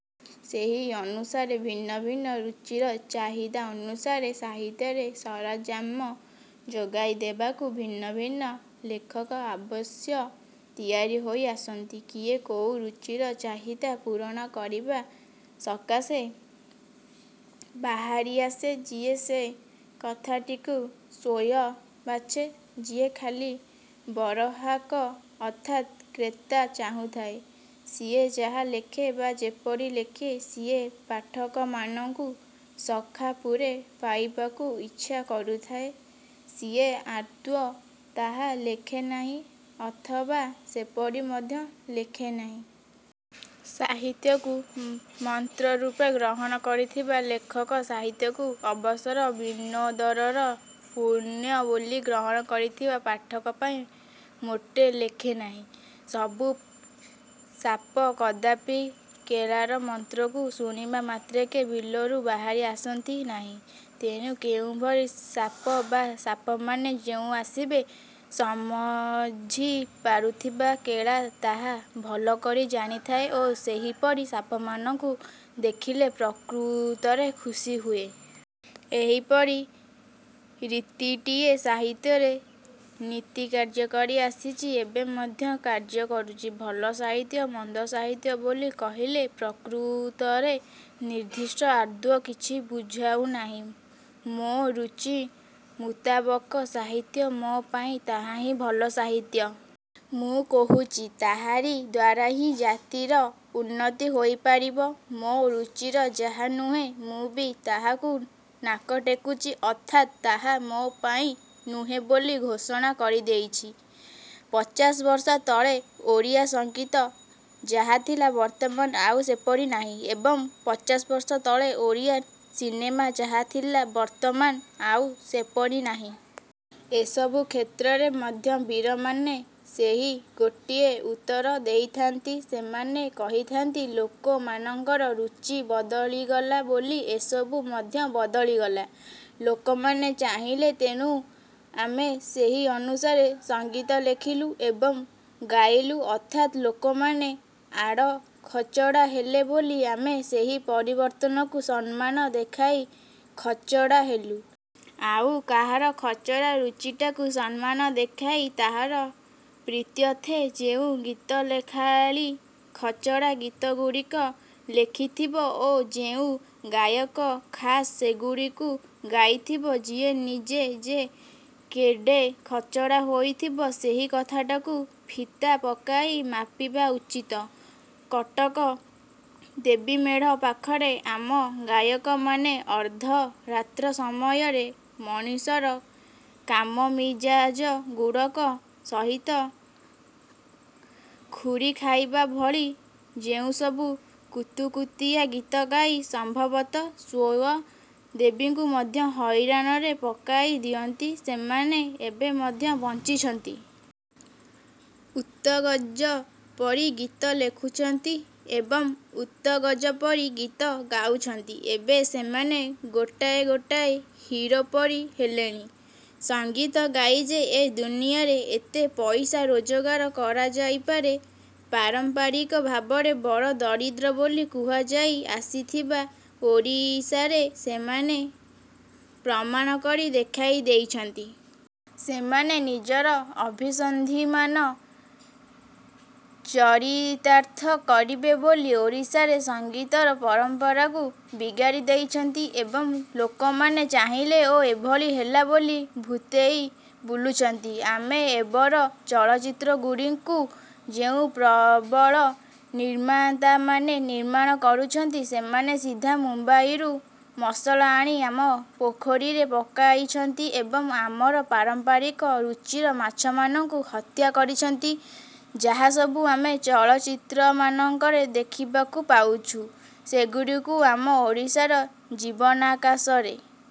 ସେହି ଅନୁସାରେ ଭିନ୍ନ ଭିନ୍ନ ରୁଚିର ଚାହିଦା ଅନୁସାରେ ସାହିତ୍ୟରେ ସରଞ୍ଜାମ ଯୋଗାଇ ଦେବାକୁ ଭିନ୍ନ ଭିନ୍ନ ଲେଖକ ଅବଶ୍ୟ ତିଆରି ହୋଇ ଆସନ୍ତି। କିଏ କୋଉ ରୁଚିର ଚାହିଦା ପୂରଣ କରିବା ସକାଶେ ବାହାରିଆସେ ସିଏ ସେ କଥାଟିକୁ ସ୍ୱୟଂ ବାଛେ। ଯିଏ ଖାଲି ଗରହାକ ଅର୍ଥାତ୍ କ୍ରେତା ଚାହୁଥାଏ, ସିଏ ଯାହା ଲେଖେ ବା ଯେପରି ଲେଖେ, ସିଏ ପାଠକମାନଙ୍କୁ ସଖା ପୁରେ ପାଇବାକୁ ଇଚ୍ଛା କରୁଥାଏ ସିଏ ଆଦୌ ତାହା ଲେଖେ ନାହିଁ ଅଥବା ସେପରି ମଧ୍ୟ ଲେଖେ ନାହିଁ। ସାହିତ୍ୟକୁ ମନ୍ତ୍ରରୂପେ ଗ୍ରହଣ କରିଥିବା ଲେଖକ ସାହିତ୍ୟକୁ ଅବସର ବିନୋଦନର ପଣ୍ୟ ବୋଲି ଗ୍ରହଣ କରିଥିବା ପାଠକ ପାଇଁ ମୋଟେ ଲେଖେ ନାହିଁ। ସବୁ ସାପ କଦାପି କେଳାର ମନ୍ତ୍ରକୁ ଶୁଣିବା ମାତ୍ରକେ ବିଲରୁ ବାହାରି ଆସନ୍ତି ନାହିଁ। ତେଣୁ କେଉଁଭଳି ସାପ ବା ସାପମାନେ ଯେ ଆସିବେ, ସମଝି ପାରୁଥିବା କେଳା ତାହା ଭଲ କରି ଜାଣିଥାଏ ଓ ସେହିପରି ସାପମାନଙ୍କୁ ଦେଖିଲେ ପ୍ରକୃତରେ ଖୁସୀ ହୁଏ। ଏହିପରି ରୀତିଟିଏ ସାହିତ୍ୟରେ ନିତି କାର୍ଯ୍ୟ କରି ଆସିଛି ଏବେ ମଧ୍ୟ କାର୍ଯ୍ୟ କରୁଛି। ଭଲ ସାହିତ୍ୟ, ମନ୍ଦ ସାହିତ୍ୟ ବୋଲି କହିଲେ ପ୍ରକୃତରେ ନିର୍ଦ୍ଦିଷ୍ଟ ଆଦୌ କିଛି ବୁଝାଉ ନାହିଁ। ମୋ ରୁଚି ମୁତାବକ ସାହିତ୍ୟ ମୋ ପାଇଁ ତାହା ହିଁ ଭଲ ସାହିତ୍ୟ। ମୁଁ କହୁଛି ତାହାରି ଦ୍ୱାରା ହିଁ ଜାତିର ଉନ୍ନତି ହୋଇପାରିବ। ମୋ ରୁଚିର ଯାହା ନୁହେଁ, ମୁଁ ବି ତାହାକୁ ନାକ ଟେକୁଛି ଅର୍ଥାତ୍ ତାହା ମୋ ପାଇଁ ନୁହେଁ ବୋଲି ଘୋଷଣା କରିଦେଉଛି। ପଚାଶବର୍ଷ ତଳେ ଓଡ଼ିଆ ସଂଗୀତ ଯାହାଥିଲା ବର୍ତ୍ତମାନ ଆଉ ସେପରି ନାହିଁ ଏବଂ ପଚାଶବର୍ଷ ତଳେ ଓଡ଼ିଆ ସିନେମା ଯାହାଥିଲା ବର୍ତ୍ତମାନ ଆଉ ସେପରି ନାହିଁ। ଏସବୁ କ୍ଷେତ୍ରରେ ମଧ୍ୟ ବୀରମାନେ ସେହି ଗୋଟିଏ ଉତ୍ତର ଦେଇଥାନ୍ତି, ସେମାନେ କହିଥାନ୍ତି ଲୋକମାନଙ୍କର ରୁଚି ବଦଳିଗଲା ବୋଲି ଏସବୁ ମଧ୍ୟ ବଦଳିଗଲା। ଲୋକମାନେ ଚାହିଁଲେ, ତେଣୁ ଆମେ ସେହି ଅନୁସାରେ ସଂଗୀତ ଲେଖିଲୁ ଏବଂ ଗାଇଲୁ ଅର୍ଥାତ୍ ଲୋକମାନେ ଆଗ ଖଚଡ଼ା ହେଲେ ବୋଲି ଆମେ ସେହି ପରିବର୍ତ୍ତନକୁ ସମ୍ମାନ ଦେଖାଇ ଖଚଡ଼ା ହେଲୁ। ଆଉ କାହାର ଖଚଡ଼ା ରୁଚିଟାକୁ ସମ୍ମାନ ଦେଖାଇ ତାହାର ପ୍ରୀତ୍ୟର୍ଥେ ଯେଉଁ ଗୀତଲେଖାଳି ଖଚଡ଼ା ଗୀତଗୁଡ଼ାକ ଲେଖିଥିବ ଓ ଯେଉଁ ଗାୟକ ଖାସ୍ ସେହିଗୁଡ଼ିକୁ ଗାଇଥିବ, ସିଏ ନିଜେ ଯେ କେଡ଼େ ଖଚଡ଼ା ହୋଇଥିବ ସେହି କଥାଟାକୁ ଫିତା ପକାଇ ମାପିବା ଉଚିତ। କଟକ ଦେବୀମେଢ଼ ପାଖରେ ଆମ ଗାୟକମାନେ ଅର୍ଦ୍ଧରାତ୍ର ସମୟରେ ମଣିଷର କାମମିଜାଜ ଗୁଡ଼ାକ ସହିତ ଖୁରି ଖାଇବା ଭଳି ଯେଉଁସବୁ କୁତୁକୁତିଆ ଗୀତ ଗାଇ ସମ୍ଭବତଃ ସ୍ୱୟଂ ଦେବୀଙ୍କୁ ମଧ୍ୟ ହଇରାଣରେ ପକାଇ ଦିଅନ୍ତି ସେମାନେ ଏବେ ମଧ୍ୟ ବଞ୍ଚିଛନ୍ତି। ଉତ୍ତଗଜ ପରି ଗୀତ ଲେଖୁଛନ୍ତି ଏବଂ ଉତ୍ତଗଜ ପରି ଗୀତ ଗାଉଛନ୍ତି। ଏବେ ସେମାନେ ଗୋଟାଏ ଗୋଟାଏ ହିରୋ ପରି ହେଲେଣି। ସଂଗୀତ ଗାଇ ଯେ ଏ ଦୁନିଆରେ ଏତେ ପଇସା ରୋଜଗାର କରାଯାଇପାରେ, ପାରମ୍ପରିକ ଭାବରେ ବଡ଼ ଦରିଦ୍ର ବୋଲି କୁହାଯାଇ ଆସିଥିବା ଓଡ଼ିଶାରେ ସେମାନେ ପ୍ରମାଣ କରି ଦେଖାଇ ଦେଇଛନ୍ତି। ସେମାନେ ନିଜର ଅଭିସନ୍ଧିମାନ ଚରିତାର୍ଥ କରିବେ ବୋଲି ଓଡ଼ିଶାରେ ସଙ୍ଗୀତର ପରମ୍ପରାକୁ ବିଗାଡ଼ି ଦେଇଛନ୍ତି। ଏବଂ ଲୋକମାନେ ଚାହିଁଲେ ଓ ଏହିଭଳି ହେଲା ବୋଲି ଭୂତେଇ ବୁଲୁଛନ୍ତି। ଆମ ଏବର ଚଳଚ୍ଚିତ୍ରଗୁଡ଼ିକୁ ଯେଉଁ ପ୍ରବଳ ନିର୍ମାତାମାନେ ନିର୍ମାଣ କରୁଛନ୍ତି, ସେମାନେ ସିଧା ମୁମ୍ବାଇରୁ ମସଲା ଆଣି ଆମ ପୋଖରୀରେ ପକାଇଛନ୍ତି ଏବଂ ଆମର ପାରମ୍ପରିକ ରୁଚିର ମାଛମାନଙ୍କୁ ହତ୍ୟା କରିଛନ୍ତି। ଯାହାସବୁ ଆମେ ଚଳଚ୍ଚିତ୍ରମାନଙ୍କରେ ଦେଖିବାକୁ ପାଉଛୁ, ସେଗୁଡ଼ିକୁ ଆମ ଓଡ଼ିଶାର ଜୀବନାକାଶରେ